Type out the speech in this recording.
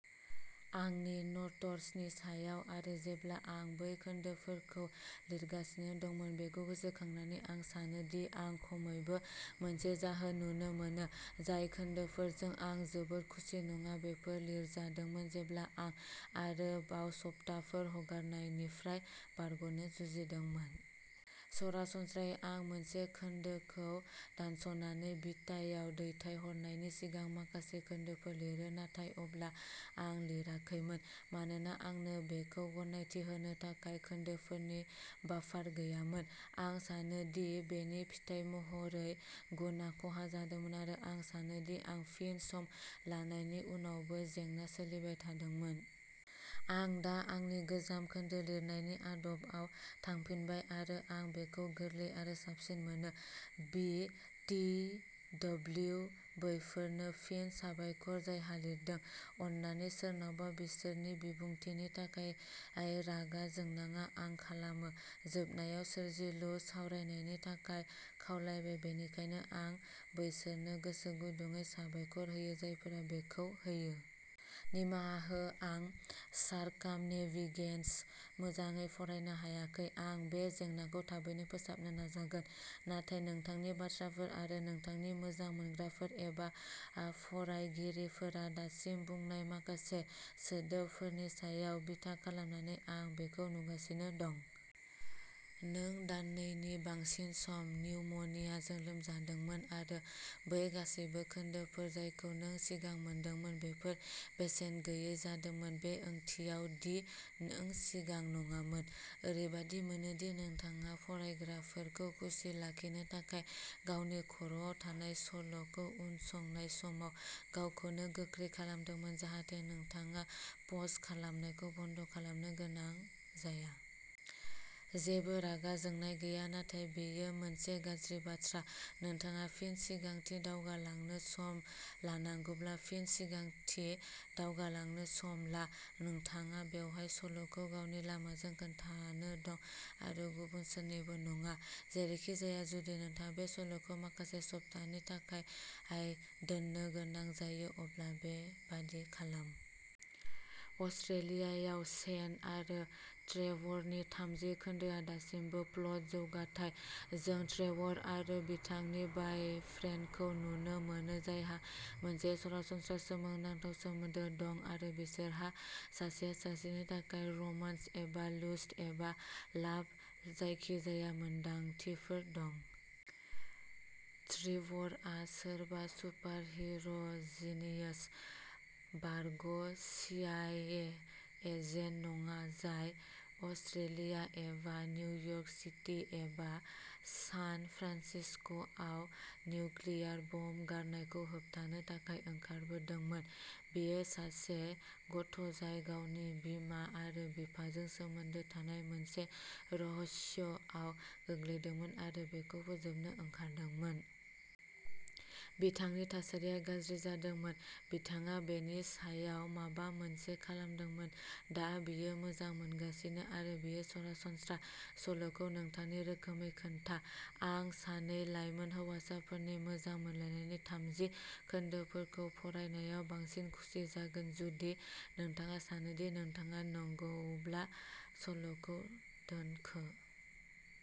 आंनि न'ट'सनि सायाव आरो जेब्ला आं बै खोन्दोफोरखौ लिरगासिनो दंमोन बेखौ गोसोखांनानै आं सानो दि आं खमैबो मोनसे जाहोन नुनो मोनो। जाय खोन्दोफोरजों आं जोबोद खुसि नङा बेफोर लिरजादोंमोन जेब्ला आं आरोबाव सप्ताफोर हगारनायनिफ्राय बारग'नो जुजिदोंमोन। सरासनस्रायै आं मोनसे खोन्दोखौ दानस'नानै बिटायाव दैथायहरनायनि सिगां माखासे खोन्दोफोर लिरो नाथाय अब्ला आं लिराखैमोन, मानोना आंनो बेखौ गनायथि होनो थाखाय खोन्दोफोरनि बाफार गैयामोन। आं सानो दि बेनि फिथाय महरै गुनआ खहा जादोंमोन आरो आं सानो दि आं फिन सम लानायनि उनावबो जेंना सोलिबाय थादोंमोन। आं दा आंनि गोजाम खोन्दो लिरनायनि आदबआव थांफिनबाय आरो आं बेखौ गोरलै आरो साबसिन मोनो। बि ति दब्लिउ बैसोरनो फिन साबायखर जायहा लिरदों। अन्नानै सोरनावबा बिसोरनि बिबुंथिनि थाखाय रागा जोंनाङा आं खालामो। जोबनायाव सोरजिलु सावरायनायनि थाखाय खावलायबाय बेनिखायनो आं बैसोरनो गोसोगुदुंयै साबायखर होयो जायफोरा बेखौ होयो। निमाहा हो आं सारकामनेभिगेसनखौ मोजाङै फोरमायनो हायाखै। आं बे जेंनाखौ थाबैनो फोसाबनो नाजागोन। नाथाय नोंथांनि बाथ्राफोर आरो नोंथांनि मोजां मोनग्राफोर एबा फरायगिरिफोरा दासिम बुंनाय माखासे सोदोबफोरनि सायाव बिथा खालामनानै आं बेखौ नुगासिनो दं। नों दाननैनि बांसिन सम निउमनियाजों लोमजादोंमोन आरो बै गासैबो खोन्दोफोर जायखौ नों सिगां मोनदोंमोन बेफोर बेसेन गैयै जादोंमोन बे ओंथियाव दि नों सिगां नङामोन। ओरैबादि मोनो दि नोंथाङा फरायग्राफोरखौ खुसि लाखिनो थाखाय गावनि खर'आव थानाय सल'खौ उनसंनाय समाव गावखौनो गोख्रै खालामदोंमोन जाहाथे नोंथाङा पस्ट खालामनायखौ बन्द खालामनो गोनां जाया। जेबो रागा जोंनाय गैया नाथाय बेयो मोनसे गाज्रि बाथ्रा। नोंथाङा फिन सिगांथि दावगालांनो सम लानांगौब्ला फिन सिगांथिं दावगालांनो सम ला। नोंथाङा बेवहाय सल'खौ गावनि लामाजों खोन्थानो दं आरो गुबुन सोरनिबो नङा। जेरैखिजाया जुदि नोंथाङा बे सल'खौ माखासे सप्तानि थाखाय दोननो गोनां जायो अब्ला बेबादि खालाम। अस्ट्रेलियायाव शेन आरो ट्रेवरनि थामजि खोन्दोआ दासिमबो प्लट जौगाथाय। जों ट्रेवर आरो बिथांनि बयफ्रेन्डखौ नुनो मोनो जायहा मोनसे सरासनस्रा सोमोनांथाव सोमोन्दो दं आरो बिसोरहा सासेया सासेनि थाखाय रमान्स एबा लुस्ट एबा लाभ जायखिजाया मोन्दांथिफोर दं। ट्रेवरआ सोरबा सुपारहिर'जिनियस बारग'सीआईए एजेन्ट नङा जाय अस्ट्रेलिया एबा निउयर्क सिटी एबा सान फ्रान्सिस्क'आव निउक्लियार बम गारनायखौ होबथानो थाखाय ओंखारदोंमोन। बियो सासे गथ'जाय गावनि बिमा आरो बिफाजों सोमोन्दो थानाय मोनसे रहस्यआव गोग्लैदोंमोन आरो बेखौ फोजोबनो ओंखारदोंमोन। बिथांनि थासारिया गाज्रि जादोंमोन, बिथाङा बेनि सायाव माबा मोनसे खालामदोंमोन। दा बियो मोजां मोनगासिनो, आरो बेयो सरासनस्रा। सल'खौ नोंथांनि रोखोमै खोन्था। आं सानै लाइमोन हौवासाफोरनि मोजां मोनलायनायनि थामजि खोन्दोफोरखौ फरायनायाव बांसिन खुसि जागोन। जुदि नोंथाङा सानो दि नोंथाङा नांगौब्ला सल'खौ दोनखो।